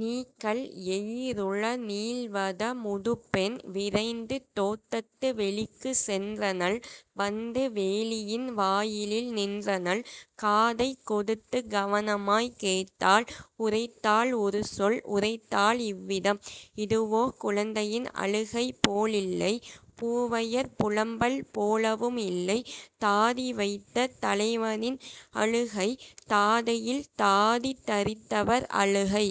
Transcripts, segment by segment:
நீக்கல் எயிறுள நீள்வட முதுபெண் விரைந்துதோட் Datuk வெளிக்குச் சென்றனள் வந்து வேலியின் வாயிலில் நின்றனள்; காதைக் கொடுத்துக் கவனமாய்க் கேட்டாள் உரைத்தாள் ஒருசொல் உரைத்தாள் இவ்விதம்: "இதுவோ குழந்தையின் அழுகைபோ லில்லை பூவையர் புலம்பல் போலவும் இல்லை தாடி வைத்த தலைவனின் அழுகை தாடையில் தாடி தரித்தவர் அழுகை.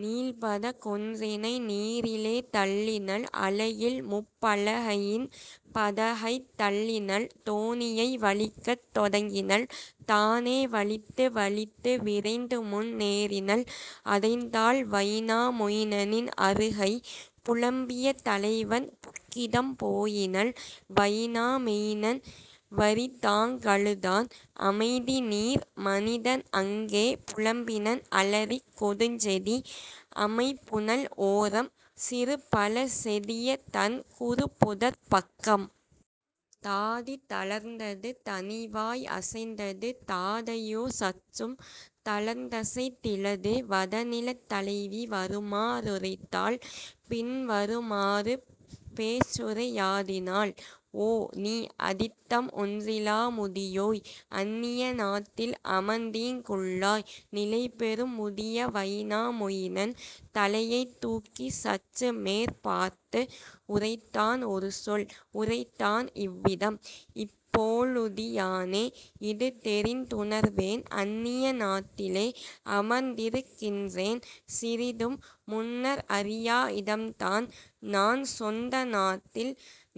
" நீள்பட கொன்றினை நீரிலே தள்ளினள் அலையில்முப் பலகையின் படகைத் தள்ளினள் தோணியை வலிக்கத் தொடங்கினள் தானே வலித்து வலித்து விரைந்துமுன் னேறினள் அடைந்தாள் வைனா மொயினனின் அருகை புலம்பிய தலைவன் புக்கிடம் போயினள். வைனா மெயினன் வறிதாங் கழுதான் அமைதிநீர் மனிதன் அங்கே புலம்பினன் அலரிக் கொடுஞ்செடி அமைபுனல் ஓரம் சிறுபழச் செடியதன் குறுபுதர்ப் பக்கம். தாடி தளர்ந்தது தனிவாய் அசைந்தது தாடையோ சற்றும் தளர்ந்தசைந் திலது. வடநிலத் தலைவி வருமா றுரைத்தாள்: பின்வரு மாறுபேச் சுரை யாடினாள்: "ஓ, நீ, அதிட்டம் ஒன்றிலா முதியோய்! அன்னிய நாட்டில் அமர்ந்தீங் குள்ளாய். " நிலைபெறும் முதிய வைனா மொயினன் தலையை தூக்கிச் சற்றுமேற் பார்த்து உரைத்தான் ஒருசொல் உரைத்தான் இவ்விதம்: "இப்போழு தியானே இதுதெரிந் துணர்வேன் அன்னிய நாட்டிலே அமர்ந்திருக் கின்றேன் சிறிதும் முன்னர் அறியா இடம்தான் நான்சொந்த நாட்டில்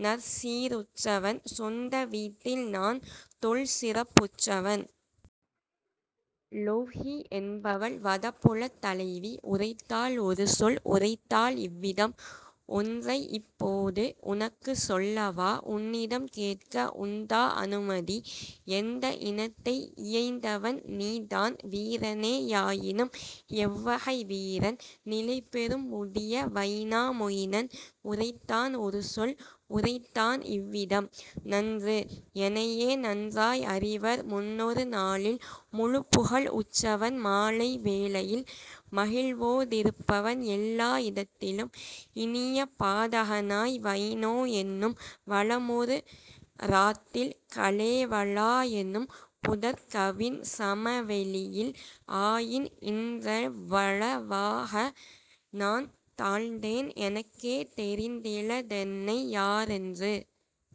நற்சீ ருற்றவன் சொந்தவீட் டில்நான் தொல்சிறப் புற்றவன். " லொவ்ஹி என்பவள் வடபுலத் தலைவி உரைத்தாள் ஒருசொல் உரைத்தாள் இவ்விதம்: "ஒன்றையிப் போது உனக்குச் சொல்லவா உன்னிடம் கேட்க உண்டா அனுமதி எந்த இனத்தை இயைந்தவன் நீதான் வீரனே யாயினும் எவ்வகை வீரன்? " நிலைபெறும் முதிய வைனா மொயினன்உரைத்தான் ஒருசொல் உரைத்தான் இவ்விதம்: "நன்று, எனையே நன்றாய் அறிவார், முன்னொரு நாளில் முழுப்புகழ் உற்றவன் மாலை வேளையில் மகிழ்வோ டிருப்பவன் எல்லா இடத்திலும் இனியபா டகனாய் வைனோ என்னும் வளமுறு றாட்டில் கலேவலா எனும்புதர்க் கவின்சம வெளியில் ஆயின்இன் றெவ்வள வாகநான் தாழ்ந்தேன் எனக்கே தெரிந்தில தென்னை யாரென்று.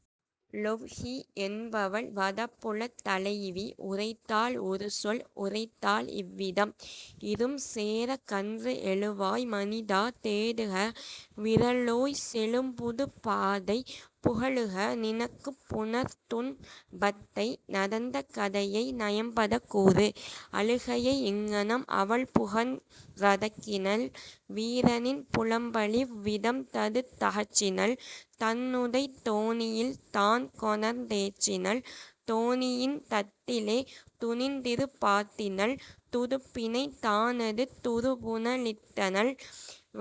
" லொவ்ஹி என்பவள் வடபுலத் தலைவி உரைத்தாள் ஒருசொல் உரைத்தாள் இவ்விதம்: "இரும்சே றகன்று எழுவாய் மனிதா தேடுக விறலோய் செழும்புதுப் பாதை புகலுக நினக்குப் புணர்துன் பத்தை நடந்த கதையை நயம்படக் கூறு. " அழுகையை இங்ஙனம் அவள்புகன் றடக்கினள் வீரனின் புலம்பலிவ் விதம்தடுத் தகற்றினள் தன்னுடைத் தோணியில் தான்கொணர்ந் தேற்றினள் தோணியின் தட்டிலே துணிந்திருப் பாட்டினள் துடுப்பினைத் தானெடுத் துறுபுன லிட்டனள்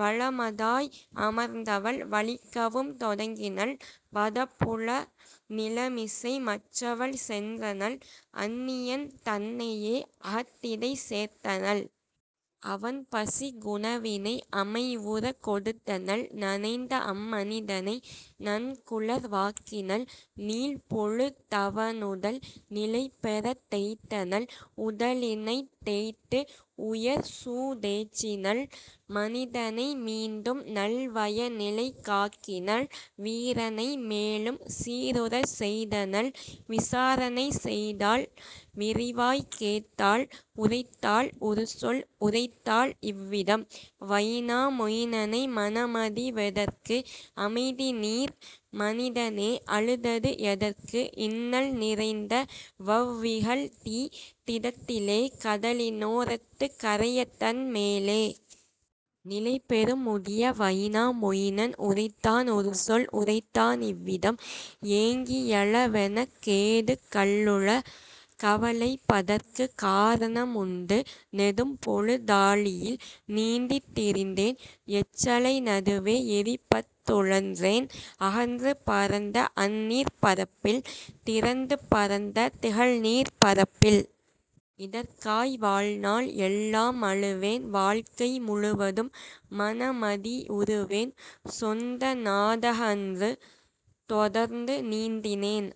வளமதாய் அமர்ந்தவள் வலிக்கவும் தொடங்கினள் வடபுல நிலமிசை மற்றவள் சென்றனள் அன்னியன் தன்னையே அகத்திடைச் சேர்த்தனள். அவன்பசிக் குணவினை அமைவுறக் கொடுத்தனள் நனைந்த அம்மனிதனை நன்குலர் வாக்கினள் நீள்பொழு தவனுடல் நிலைபெறத் தேய்த்தனள் உடலினைத் தேய்த்து உயர்சூ டேற்றினள் மனிதனை மீண்டும்நல் வயநிலைக் காக்கினள் வீரனை மேலும் சீருறச் செய்தனள் விசாரணை செய்தாள் விரிவாய்க் கேட்டாள் உரைத்தாள் ஒருசொல் உரைத்தாள் இவ்விதம்: "வைனா மொயினனே மனமடி வெதற்கு அமைதிநீர் மனிதனே அழுதது எதற்கு இன்னல் நிறைந்தவவ் விகல்தீ திடத்திலே கடலினோ ரத்துக் கரையதன் மேலே? " நிலைபெறும் முதிய வைனா மொயினன் உரைத்தான் ஒருசொல் உரைத்தான் இவ்விதம்: "ஏங்கி யழவெனக் கேதுக் கள்ளுள கவலைப் படற்குக் காரணம் உண்டு நெடும்பொழு தாழியில் நீந்தித் திரிந்தேன் எற்றலை நடுவே எறிபட் டுழன்றேன் அகன்று பரந்த அந்நீர்ப் பரப்பில் திறந்து பரந்த திகழ்நீர்ப் பரப்பில். இதற்காய் வாழ்நாள் எல்லாம் அழுவேன் வாழ்க்கை முழுவதும் மனமடி வுறுவேன் சொந்தநா டகன்று தொடர்ந்து நீந்தினேன்